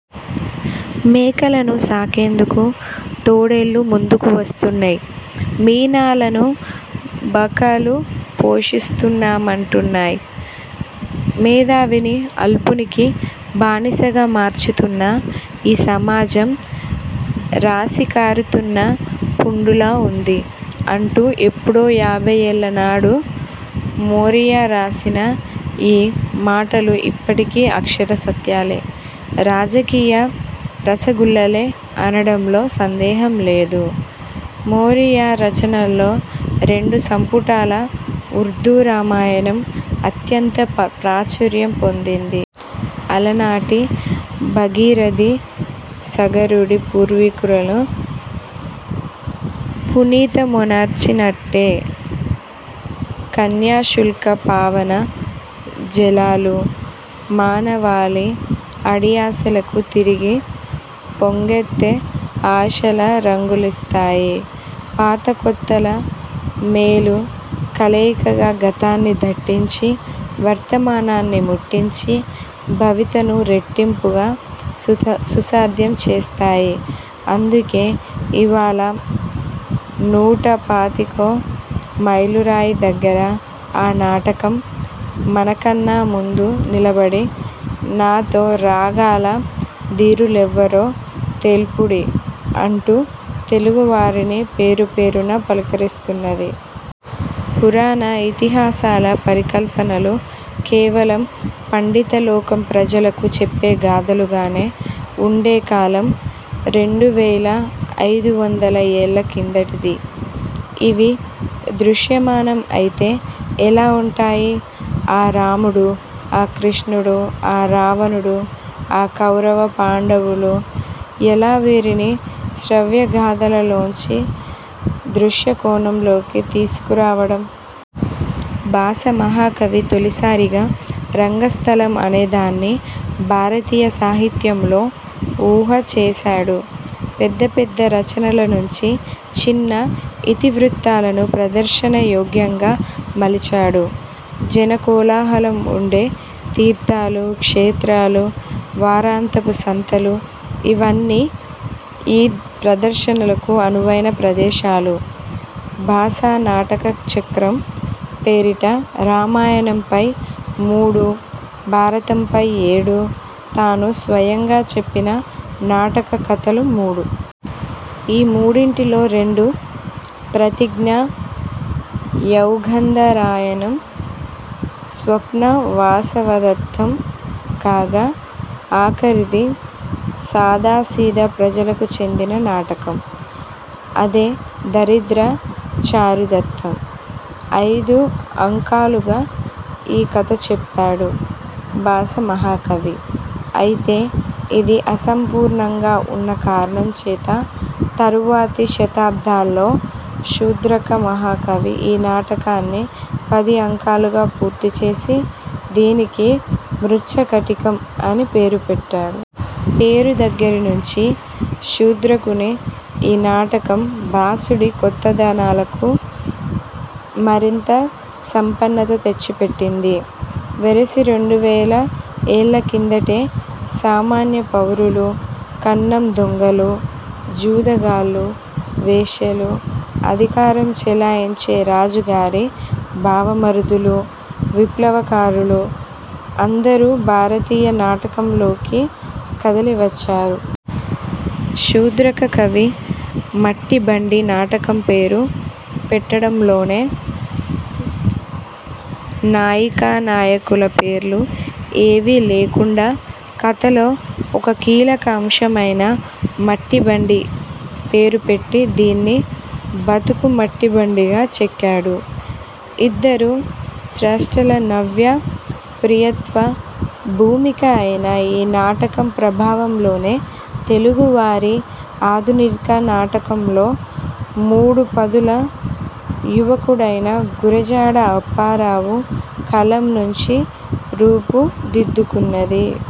''మేకలను సాకేందుకు తోడేళ్ళు ముందుకు వస్తూన్నై! మీనాలను బకాలు పోషిస్తామంటున్నై! మేధావిని అల్పునికి బానిసగా మార్చుతున్న ఈ సమాజం రసికారుతున్న పుండులా ఉంది'' అంటూ ఎప్పుడో యాభైఏళ్ళనాడు మోరియా రాసిన ఈ మాటలు ఇప్పటికీ అక్షర సత్యాలే. రాజకీయ రసగుల్లలే అనడంలో సందేహం లేదు. మోరియా రచనల్లో రెండు సంపుటాల ఉర్దూ రామాయణం అత్యంత ప్రాచుర్యం పొందింది. అలనాటి భాగీరథి సగరుడి పూర్వీకులను పునీతమొనర్చి నట్టే, 'కన్యాశుల్క' పావన జలాలు మానవాళి అడియాసలకు తిరిగి పొంగెత్తే ఆశల రంగులిస్తాయి. పాతకొత్తల మేలు కలయికగా గతాన్ని దట్టించి, వర్తమానాన్ని ముట్టించి, భవితను రెట్టింపుగా సుసాధ్యం చేస్తాయి. అందుకే ఇవాళ నూట పాతికో మైలురాయి దగ్గర ఆ నాటకం, మన కన్నా ముందు నిలబడి, ''నాతో రాగల ధీరులెవ్వరో తెల్పుడీ'' అంటూ తెలుగు వారిని పేరు పేరునా పలకరిస్తున్నది. పురాణ ఇతిహాసాల పరికల్పనలు కేవలం పండిత లోకం ప్రజలకు చెప్పే గాథలుగానే ఉండే కాలం రెండువేల అయిదు వందల ఏళ్ల కిందటిది. ఇవి దృశ్యమానం అయితే ఎలా ఉంటాయి; ఆ రాముడు, ఆ కృష్ణుడు, ఆ రావణుడు, ఆ కౌరవ పాండవులు, ఎలా వీరిని శ్రవ్య గాథల లోంచి దృశ్యకోణంలోకి తీసుకు రావడం? భాస మహాకవి తొలిసారిగా రంగస్థలం అనేదాన్ని భారతీయ సాహిత్యంలో ఊహ చేశాడు. పెద్ద పెద్ద రచనల నుంచి చిన్న ఇతివృత్తాలను ప్రదర్శన యోగ్యంగా మలిచాడు. జన కోలాహలం ఉండే తీర్థాలు, క్షేత్రాలు, వారాంతపు సంతలు, ఇవన్నీ ఈ ప్రదర్శనలకు అనువైన ప్రదేశాలు. భాస నాటక చక్రం పేరిట- రామాయణంపై మూడు, భారతంపై ఏడు, తాను స్వయంగా చెప్పిన నాటక కథలు మూడు. ఈ మూడింటిలో రెండు- 'ప్రతిజ్ఞా యౌగంధరాయణం', 'స్వప్న వాసవదత్తం' కాగా, ఆఖరుది- సాదా సీదా ప్రజలకు చెందిన నాటకం. అదే 'దరిద్ర చారుదత్తం'. అయిదు అంకాలుగా ఈ కథ చెప్పాడు భాస మహాకవి. అయితే ఇది అసంపూర్ణంగా ఉన్న కారణం చేత, తరువాతి శతాబ్దాల్లో శూద్రక మహాకవి ఈ నాటకాన్ని పది అంకాలుగా పూర్తిచేసి, దీనికి 'మృచ్ఛ కటికం' అని పేరుపెట్టాడు. పేరు దగ్గరి నుంచీ శూద్రకుని ఈ నాటకం భాసుడి కొత్తదనాలకు మరింత సంపన్నత తెచ్చి పెట్టింది. వెరసి రెండువేల ఏళ్ల కిందటే, సామాన్య పౌరులు, కన్నం దొంగలు, జూద గాళ్ళు, వేశ్యలు, అధికారం చెలాయించే రాజుగారి బావమరుదులు, విప్లవ కారులు, అందరూ భారతీయ నాటకంలోకి కదిలి వచ్చారు. శూద్రక కవి 'మట్టి బండి' నాటకం పేరు పెట్టడంలోనే, నాయికానాయకుల పేర్లు ఏవీ లేకుండా, కథలో ఒక కీలక అంశమైన 'మట్టి బండి' పేరు పెట్టి దీన్ని బతుకు మట్టి బండిగా చెక్కాడు. ఇద్దరు స్రష్టల నవ్య ప్రియత్వ భూమిక అయిన ఈ నాటకం ప్రభావంలోనే, తెలుగు వారి ఆధునిక నాటకం లో మూడు పదుల యువకుడైన గురజాడ అప్పారావు కలం నుంచి రూపు దిద్దుకున్నది.